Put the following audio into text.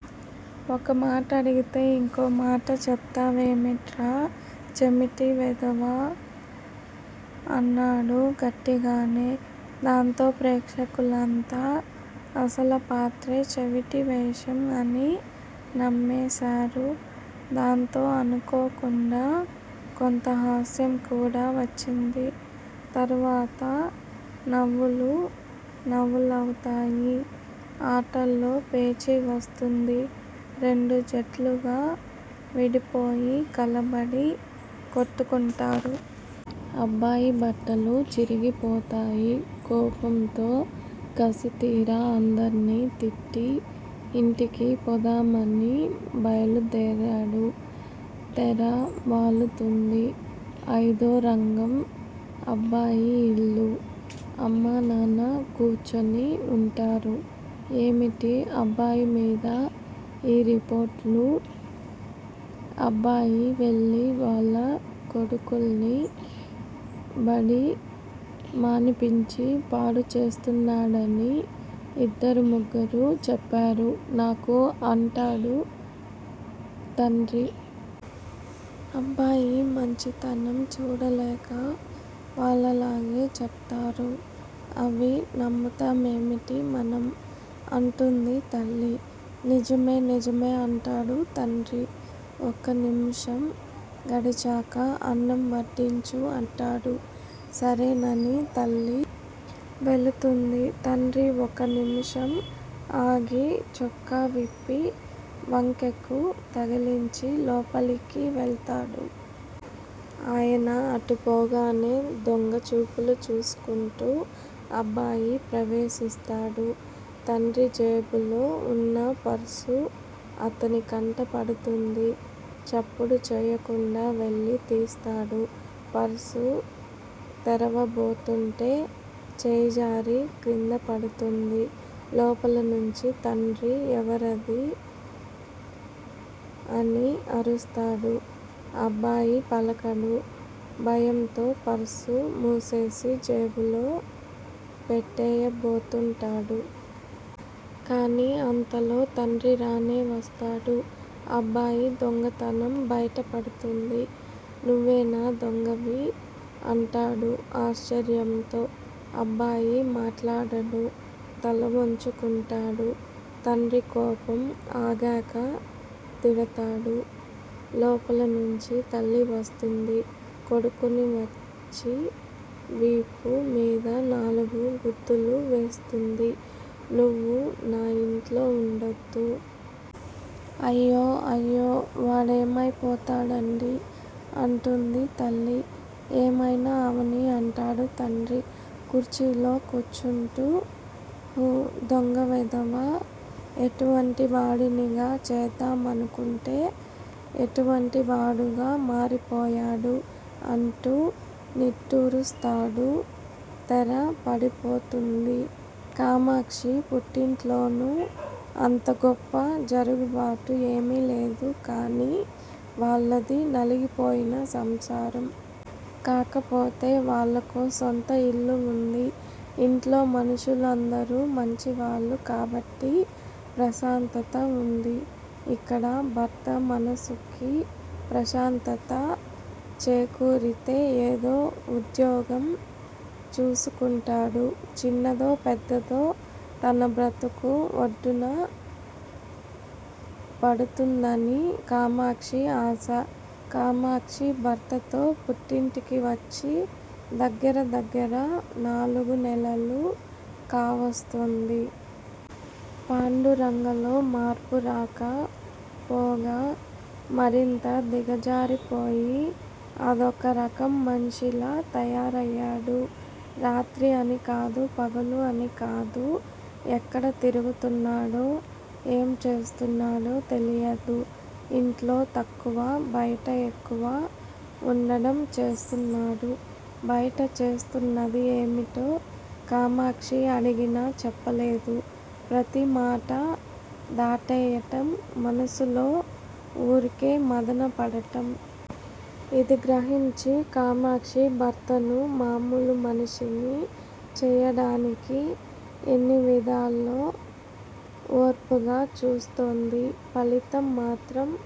ఒక మాట అడిగితే యింకో మాట చెప్తావేమిట్రా చెమిటి వెధవా? అన్నాడు గట్టిగానే. దాంతో ప్రేక్షకులంతా అసలాపాత్రే చెవిటి వేషం అని నమ్మేశారు. దాంతో అనుకోకుండా కొంత హాస్యం కూడా వచ్చింది. తరవాత నవ్వులు నవ్వులవుతాయి. ఆటల్లో పేచీ వస్తుంది. రెండు జట్లుగా విడిపోయి కలబడి కొట్టుకుంటారు. అబ్బాయి బట్టలు చిరిగిపోతాయి. కోప్మతో కసితీరా అందర్నీ తిట్టి ఇంటికి పోదామని బయల్దేరాడు. తెర వాలుతుంది. అయిదో రంగం: అబ్బాయి ఇల్లు. అమ్మా, నాన్న కూచుని వుంటారు. ఏమిటి అబ్బాయిమీద యీ రిపోర్టులు? అబ్బాయి వెళ్ళి వాళ్ళ కొడుకుల్ని బడి మానిపించి పాడు చేస్తున్నాడని యిద్దరు ముగ్గురు చెప్పారు నాకు అంటాడు తండ్రి. అబ్బాయి మంచితనం చూడలేక వాళ్ళలాగే చెప్తారు. అవి నమ్ముతామేమిటి మనం? అంటుంది తల్లి. నిజమే, నిజమే అంటాడు తండ్రి. ఒక నిముషం గడిచాక అన్నం వడ్డించు అంటాడు. సరేనని తల్లి వెళుతుంది. తండ్రి ఒక నిముషం ఆగి చొక్కా విప్పి వంకెకు తగిలించి లోపలికి వెళ్తాడు. ఆయన అటు పోగానే దొంగ చూపులు చూసుకుంటూ అబ్బాయి ప్రవేశిస్తాడు. తండ్రి జేబులో వున్న పర్సు అతని కంట పడుతుంది. చప్పుడు చెయ్యకుండా వెళ్ళి తీస్తాడు. పర్సు తెరవబోతుంటే చెయ్యిజారి క్రిందపడుతుంది లోపల నుంచి తండ్రి ఎవరిదీ? అని అరుస్తాడు. అబ్బాయి పలకడు. భయంతో పర్సు మూసేసి జేబులో పెట్టెయ్యబోతూంటాడు. కాని అంతలో తండ్రి రానే వస్తాడు. అబ్బాయి దొంగతనం బయట పడుతుంది. నువ్వేనా దొంగవీ? అంటాడు ఆశ్చర్యంతో అబ్బాయి మాట్లాడడు. తలవంచుకుంటాడు. తండ్రి కోపం ఆగక తిడతాడు. లోపల నుంచి తల్లి వస్తుంది. కొడుకుని వంచి వీపు మీద నాలుగు గుద్దులు వేస్తుంది. నువ్వు నా యింట్లో వుండొద్దు. అయ్యో, అయ్యో వాడేమయిపోతాడండీ! అంటుంది తల్లి ఏమైనా అవనీ అంటాడు తండ్రి కుర్చీలో కూచుంటూ. హు దొంగ వెధవ! ఎటువంటి వాడినిగా చేద్దామనుకుంటే ఎటువంటి వాడుగా మారిపోయాడు! అంటూ నిట్టూరుస్తాడు. తెర పడిపోతుంది. కామాక్షి పుట్టింట్లోనూ అంతగొప్ప జరుగుబాటు ఏమీ లేదు కానీ వాళ్ళది నలిగిపోయిన సంసారం. కాకపోతే, వాళ్లకో సొంత ఇల్లు వుంది. ఇంట్లో మనుషులు అందరూ మంచివాళ్లు కాబట్టి ప్రశాంతత వుంది. ఇక్కడ, భర్త మనస్సుకి ప్రశాంతత చేకూరితే, ఏదో వుద్యోగం చూసుకుంటాడు. చిన్నదో పెద్దదో తన బ్రతుకు ఒడ్డున పడుతుందని, కామాక్షి ఆశ. కామాక్షి భర్తతో పుట్టింటికి వచ్చి, దగ్గర దగ్గర నాలుగు నెలలు కావస్తోంది! పాండురంగలో మార్పురాక పోగా, మరింత దిగజారిపోయి అదొక రకం మనిషిలా తయారయ్యాడు. రాత్రి అని కాదు పగలు అని కాదు ఎక్కడ తిరుగుతున్నాడో, ఏం చేస్తున్నాడో తెలియదు. ఇంట్లో తక్కువ, బయట ఎక్కువ వుండడం చేస్తున్నాడు. బయట చేస్తున్నది ఏమిటో కామాక్షి అడిగిన చెప్పలేదు. ప్రతి మాటా దాటేయటం, మనస్సులో వూరికే మధన పడటం. ఇది గ్రహించి, కామాక్షి భర్తను మామూలు మనిషిని చెయ్యడానికి ఎన్ని విధాలో ఓర్పుగా చూస్తోంది. ఫలితం మాత్రం